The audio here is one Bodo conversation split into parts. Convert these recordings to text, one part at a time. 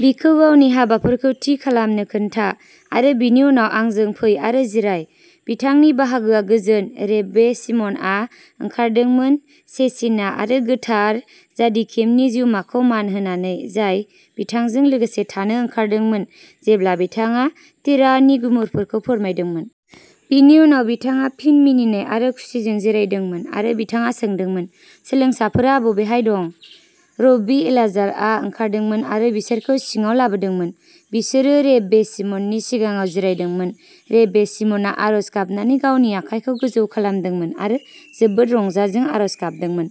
बिखौ गावनि हाबाफोरखौ थि खालामनो खोन्था आरो बिनि उनाव आंजों फै आरो जिराय। बिथांनि बाहागोआ गोजोन, रेब्बे शिम'नआ ओंखारदोंमोन शेचिना आरो गोथार जादिकिमनि जिउमाखौ मान होनानै जाय बिथांजों लोगोसे थानो ओंखारदोंमोन जेब्ला बिथाङा तोराहनि गुमुरफोरखौ फोरमायदोंमोन। बिनि उनाव बिथाङा फिन मिनिनाय आरो खुसिजों जिरायदोंमोन आरो बिथाङा सोंदोंमोन, सोलोंसाफोरा बबेहाय दं? रब्बी एलाजारआ ओंखारदोंमोन आरो बिसोरखौ सिङाव लाबोदोंमोन। बिसोरो रेब्बे शिम'ननि सिगाङाव जिरायदोंमोन। रेब्बे शिम'नआ आर'ज गाबनानै गावनि आखाइखौ गोजौ खालामदोंमोन आरो जोबोद रंजाजों आर'ज गाबदोंमोन।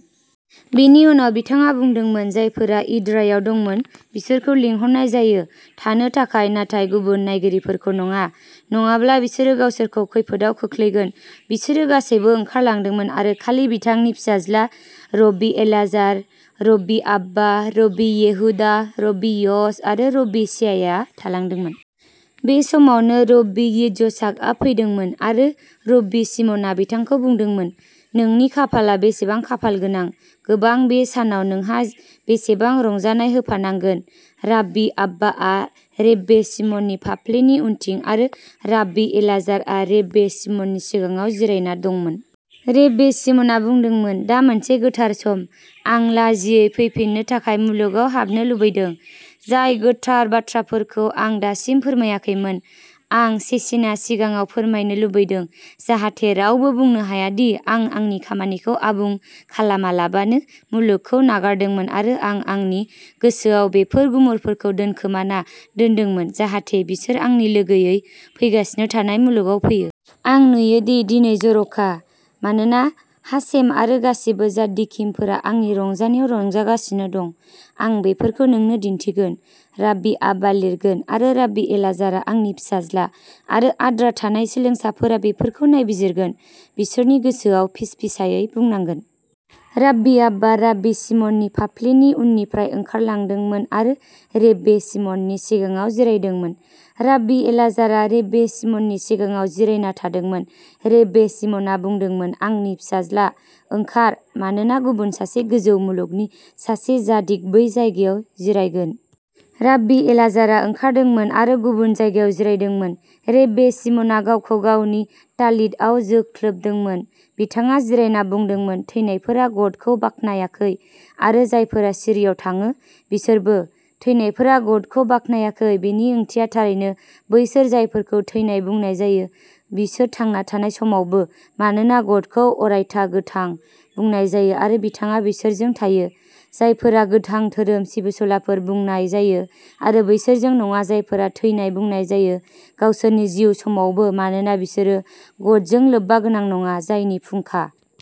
बेनि उनाव बिथाङा बुंदोंमोन, जायफोरा इद्रायाव दंमोन बिसोरखौ लिंहरनाय जायो थानो थाखाय, नाथाय गुबुन नायगिरिफोरखौ नङा, नङाब्ला बिसोरो गावसोरखौ खैफोदआव खोख्लैगोन। बिसोरो गासैबो ओंखारलांदोंमोन आरो खालि बिथांनि फिसाज्ला रब्बी एलाजार, रब्बी आब्बा, रब्बी येहुदा, रब्बी य'स आरो रब्बी चियाया थालांदोंमोन। बे समावनो, रब्बी यित्जचाकआ फैदोंमोन, आरो रब्बी शिम'नआ बिथांखौ बुंदोंमोन, नोंनि खाफालआ बेसेबां खाफाल गोनां गोबां बे सानाव नोंहा बेसेबां रंजानाय होफानांगोन राब्बी आब्बाआ रेब्बे शिमननि फाफ्लिनि उनथिं आरो राब्बी एलाजारआ रेब्बे शिमननि सिगाङाव जिरायना दंमोन। रेब्बे शिम'नआ बुंदोंमोन, दा मोनसे गोथार सम। आं लाजियै फैफिननो थाखाय मुलुगाव हाबनो लुबैदों। जाय गोथार बाथ्राफोरखौ आं दासिम फोरमायाखैमोन, आं शेचिना सिगाङाव फोरमायनो लुबैदों, जाहाथे रावबो बुंनो हाया दि आं आंनि खामानिखौ आबुं खालामालाबानो मुलुगखौ नागारदोंमोन आरो आं आंनि गोसोआव बेफोर गुमुरफोरखौ दोनखोमाना दोनदोंमोन, जाहाथे बिसोर आंनि लोगोयै फैगासिनो थानाय मुलुगाव फैयो। आं नुयोदि दिनै जर'खा, मानोना हाशेम आरो गासिबो जाद्दिकिमफोरा आंनि रंजानायाव रंजागासिनो दं। आं बेफोरखौ नोंनो दिन्थिगोन; राब्बी आब्बा लिरगोन, आरो राब्बी एलाजारआ आंनि फिसाज्ला, आरो आद्रा थानाय सोलोंसाफोरा बेफोरखौ नायबिजिरगोन। बिसोरनि गोसोआव फिसफिसायै बुंनांगोन। राब्बी आब्बा राब्बी शिमननि फाफ्लिनि उननिफ्राय ओंखारलांदोंमोन आरो रेब्बे शिमननि सिगाङाव जिरायदोंमोन। राब्बी एलाजारआ रेब्बे शिमननि सिगाङाव जिरायना थादोंमोन। रेब्बे शिम'नआ बुंदोंमोन, आंनि फिसाज्ला, ओंखार, मानोना गुबुन सासे गोजौ मुलुगनि सासे जादिक बै जायगायाव जिरायगोन। राब्बी एलाजारआ ओंखारदोंमोन आरो गुबुन जायगायाव जिरायदोंमोन। रेब्बे शिम'नआ गावखौ गावनि तालितआव जोख्लोबदोंमोन। बिथाङा जिरायना बुंदोंमोन थैनायफोरा गदखौ बाख्नायाखै आरो जायफोरा सिरिआव थाङो बिसोरबो। थैनायफोरा ग-दखौ बाख्नायाखै बेनि ओंथिया थारैनो बैसोर जायफोरखौ थैनाय बुंनाय जायो बिसोर थांना थानाय समावबो, मानोना ग-दखौ अरायथा गोथां बुंनाय जायो आरो बिथाङा बैसोरजों थायो जायफोरा'गोथां'धोरोम सिबिसुलाफोर बुंनाय जायो आरो बैसोरजों नङा जायफोरा 'थैनाय' बुंनाय जायो गावसोरनि जिउ समावबो, मानोना बिसोरो ग-दजों लोब्बागोनां नङा, जायनि फुंखा।